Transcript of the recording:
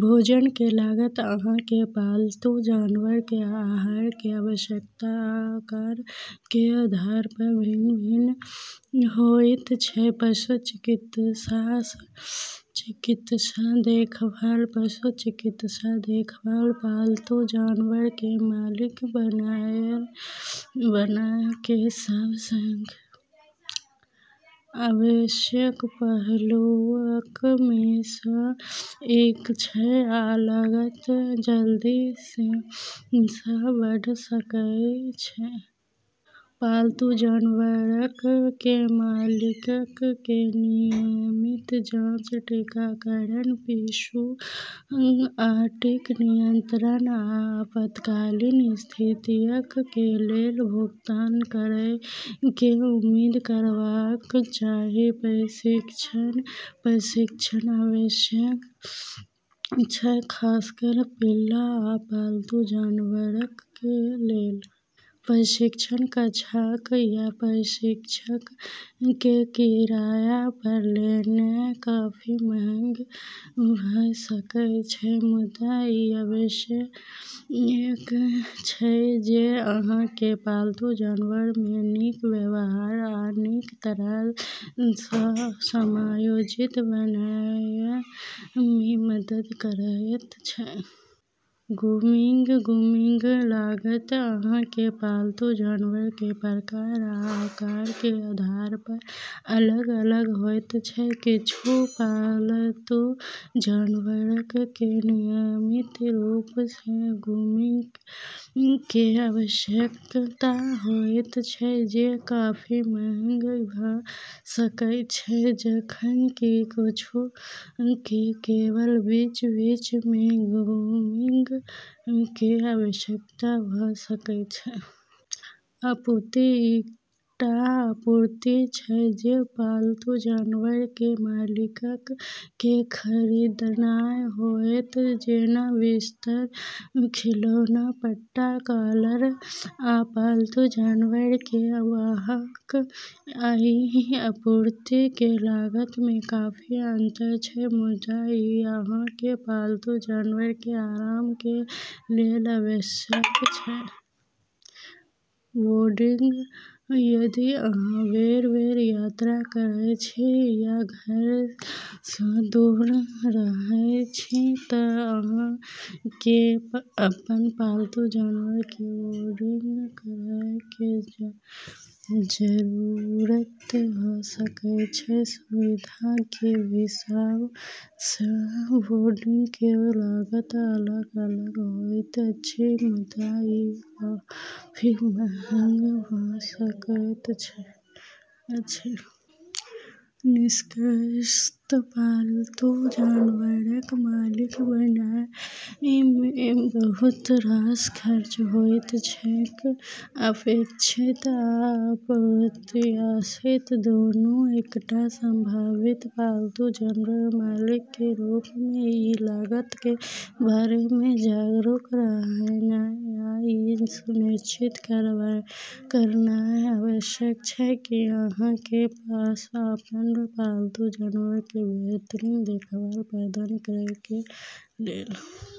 भोजन कें लागत अहां कें पालतू जानवर कें आहार कें आवश्यकता आ आकार कें आधार पर भिन्न-भिन्न होयत छै. पशु चिकित्सा देखभाल: पशु चिकित्सा देखभाल पालतू जानवर कें मालिक बनएय कें सब सं आवश्यक पहलुअक मे सं एक छै, आ लागत जल्दी सं बढ़ सकएय छै. पालतू जानवरक कें मालिकक कें नियमित जांच, टीकाकरण, पिस्सू आ टिक नियंत्रण, आ आपातकालीन स्थितियक कें लेल भुगतान करय कें उम्मीद करबाक चाही. प्रशिक्षण: प्रशिक्षण आवश्यक छै, खासकर पिल्ला आ पालतू जानवरक कें लेल. प्रशिक्षण कक्षाक या प्रशिक्षक कें किराया पर लेनाय काफी महग भ सकएय छै मुदा इ आवश्यक छै, जे अहां कें पालतू जानवर कें नीक व्यवहार आ नीक तरह सं समायोजित बनएय मे मदद करएयत छै. ग्रूमिंग: ग्रूमिंग लागत अहां कें पालतू जानवर कें प्रकार आ आकार कें आधार पर अलग-अलग होयत छै. किच्छू पालतू जानवरक कें नियमित रूप सं ग्रूमिंग कें आवश्यकता होयत छै, जे काफी महग भ सकएय छै, जखन कि किच्छू कें केवल बीच-बीच मे ग्रूमिंग कें आवश्यकता भ सकएय छै. आपूर्ति: कईटा आपूर्ति छै जे पालतू जानवरक कें मालिकक कें खरीदनाय होयत, जेना बिस्तर, खिलौना, पट्टा, कॉलर, आ पालतू जानवरक कें वाहक. अइ आपूर्ति कें लागत मे काफी अंतर छै, मुदा इ अहां कें पालतू जानवर कें आराम कें लेल आवश्यक छै. बोर्डिंग: यदि अहां बेर-बेर यात्रा करय छी या घर सं दूर रहय छी त अहां कें अपन पालतू जानवर कें बोर्डिंग करय कें जरूरत भ सकय छै. सुविधा के हिसाब सं बोर्डिंग के लागत अलग-अलग होइत अछि, मुदा ई काफी महग भ सकैत अछि. निष्कर्षतः पालतू जानवरक मालिक बनय मे बहुत रास खर्च होइत छैक, अपेक्षित आ अप्रत्याशित दुनू. एकटा संभावित पालतू जानवर मालिक कें रूप मे, इ लागत कें बारे मे जागरूक रहनाय आ इ सुनिश्चित करनाय आवश्यक छै की अहां कें पास अपन पालतू जानवर कें बेहतरीन देखभाल प्रदान करय कें लेल आर्थिक साधन छै.